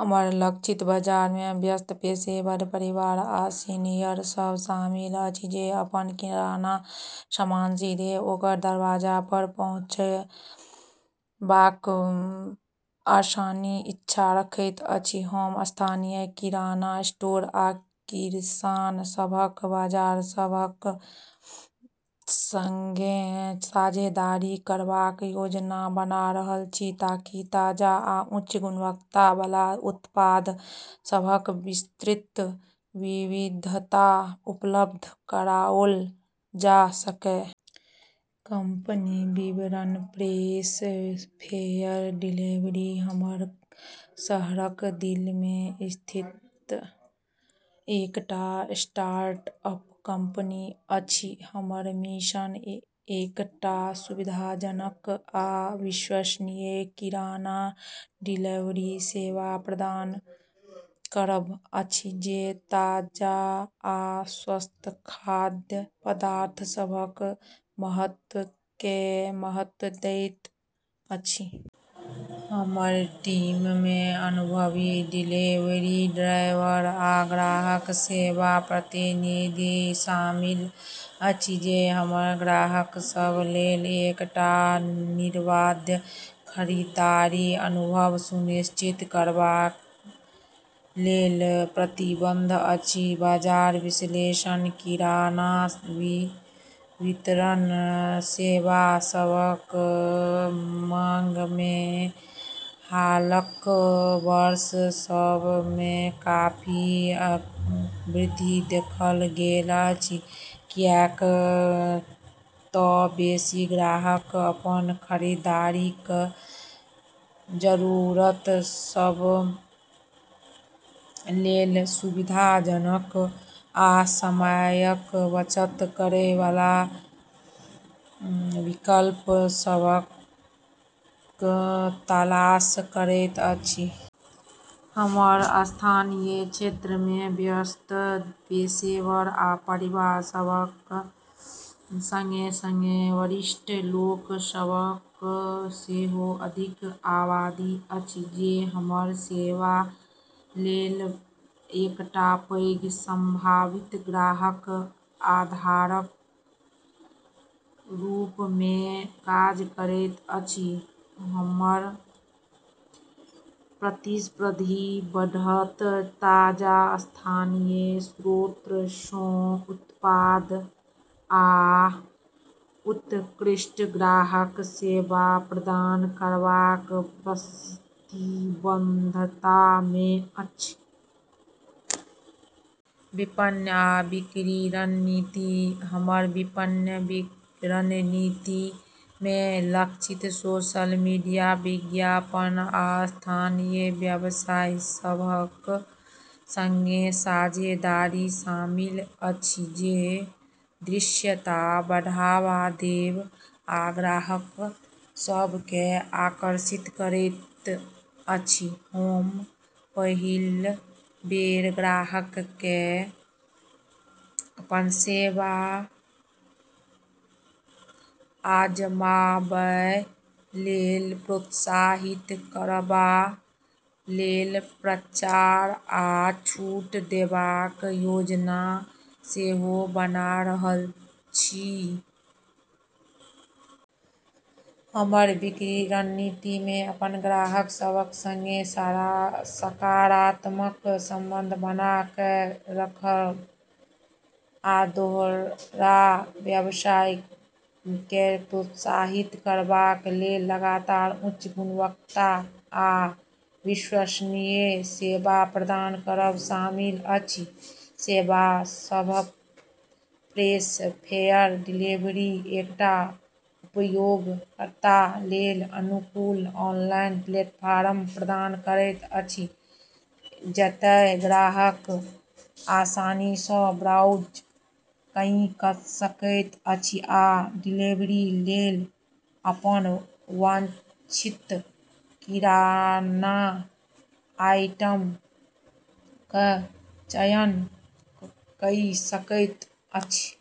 हमर लक्षित बाजार मे व्यस्त पेशेवर, परिवार, आ सीनियर सभ शामिल अछि जे अपन किराना सामान सीधे ओकर दरवाजा पर पहुँचैबाक आसानीक इच्छा रखैत अछि। हम स्थानीय किराना स्टोर आ किसान सभक बाजार सभक संगे साझेदारी करबाक योजना बना रहल छी ताकि ताजा आ उच्च गुणवत्ता बला उत्पाद सभक विस्तृत विविधता उपलब्ध कराओल जा सकए। कंपनी विवरण: फ्रेश फेयर डिलीवरी हमर शहरक दिल मे स्थित एकटा स्टार्टअप कंपनी अछि। हमर मिशन एकटा सुविधाजनक आ विश्वसनीय किराना डिलीवरी सेवा प्रदान करब अछि जे ताजा आ स्वस्थ खाद्य पदार्थ सभक महत्व केँ महत्व दैत अछि। हमर टीम मे अनुभवी डिलीवरी ड्राइवर आ ग्राहक सेवा प्रतिनिधि शामिल अछि जे हमर ग्राहक सभ लेल एकटा निर्बाध खरीदारी अनुभव सुनिश्चित करबा लेल प्रतिबद्ध अछि। बाजार विश्लेषण: किराना वितरण सेवा सभक मांग मे हालक वर्ष सभ मे काफी वृद्धि देखल गेल अछि, कियाक तँ बेसी ग्राहक अपन खरीदारीक जरूरत सभ लेल सुविधाजनक आ समयक बचत करै बला विकल्प सभक तलाश करैत अछि। हमर स्थानीय क्षेत्र मे व्यस्त पेशेवर आ परिवार सभक संगे-संगे वरिष्ठ लोक सभक सेहो अधिक आबादी अछि, जे हमर सेवा लेल एकटा पैघ संभावित ग्राहक आधारक रूप मे काज करैत अछि। हमर प्रतिस्पर्धी बढ़त ताजा, स्थानीय स्रोत सँ उत्पाद आ उत्कृष्ट ग्राहक सेवा प्रदान करबाक प्रतिबद्धता मे अछि। विपणन आ बिक्री रणनीति: हमर विपणन रणनीति मे लक्षित सोशल मीडिया विज्ञापन आ स्थानीय व्यवसाय सभक संगे साझेदारी शामिल अछि जे दृश्यता बढ़ावा देब आ ग्राहक सभ केँ आकर्षित करैत अछि। हम पहिल बेर ग्राहक केँ अपन सेवा आजमाबए लेल प्रोत्साहित करबा लेल प्रचार आ छूट देबाक योजना सेहो बना रहल छी। हमर बिक्री रणनीति मे अपन ग्राहक सभक संगे सकारात्मक संबंध बना कऽ रखब आ दोहरा व्यवसाय केँ प्रोत्साहित करबा लेल लगातार उच्च गुणवत्ता आ विश्वसनीय सेवा प्रदान करब शामिल अछि। सेवा सभ: फ्रेश फेयर डिलीवरी एकटा उपयोगकर्ता लेल अनुकूल ऑनलाइन प्लेटफॉर्म प्रदान करैत अछि जतए ग्राहक आसानी सँ ब्राउज़ कइ सकैत अछि आ डिलीवरी लेल अपन वांछित किराना आइटम क चयन कइ सकैत अछि।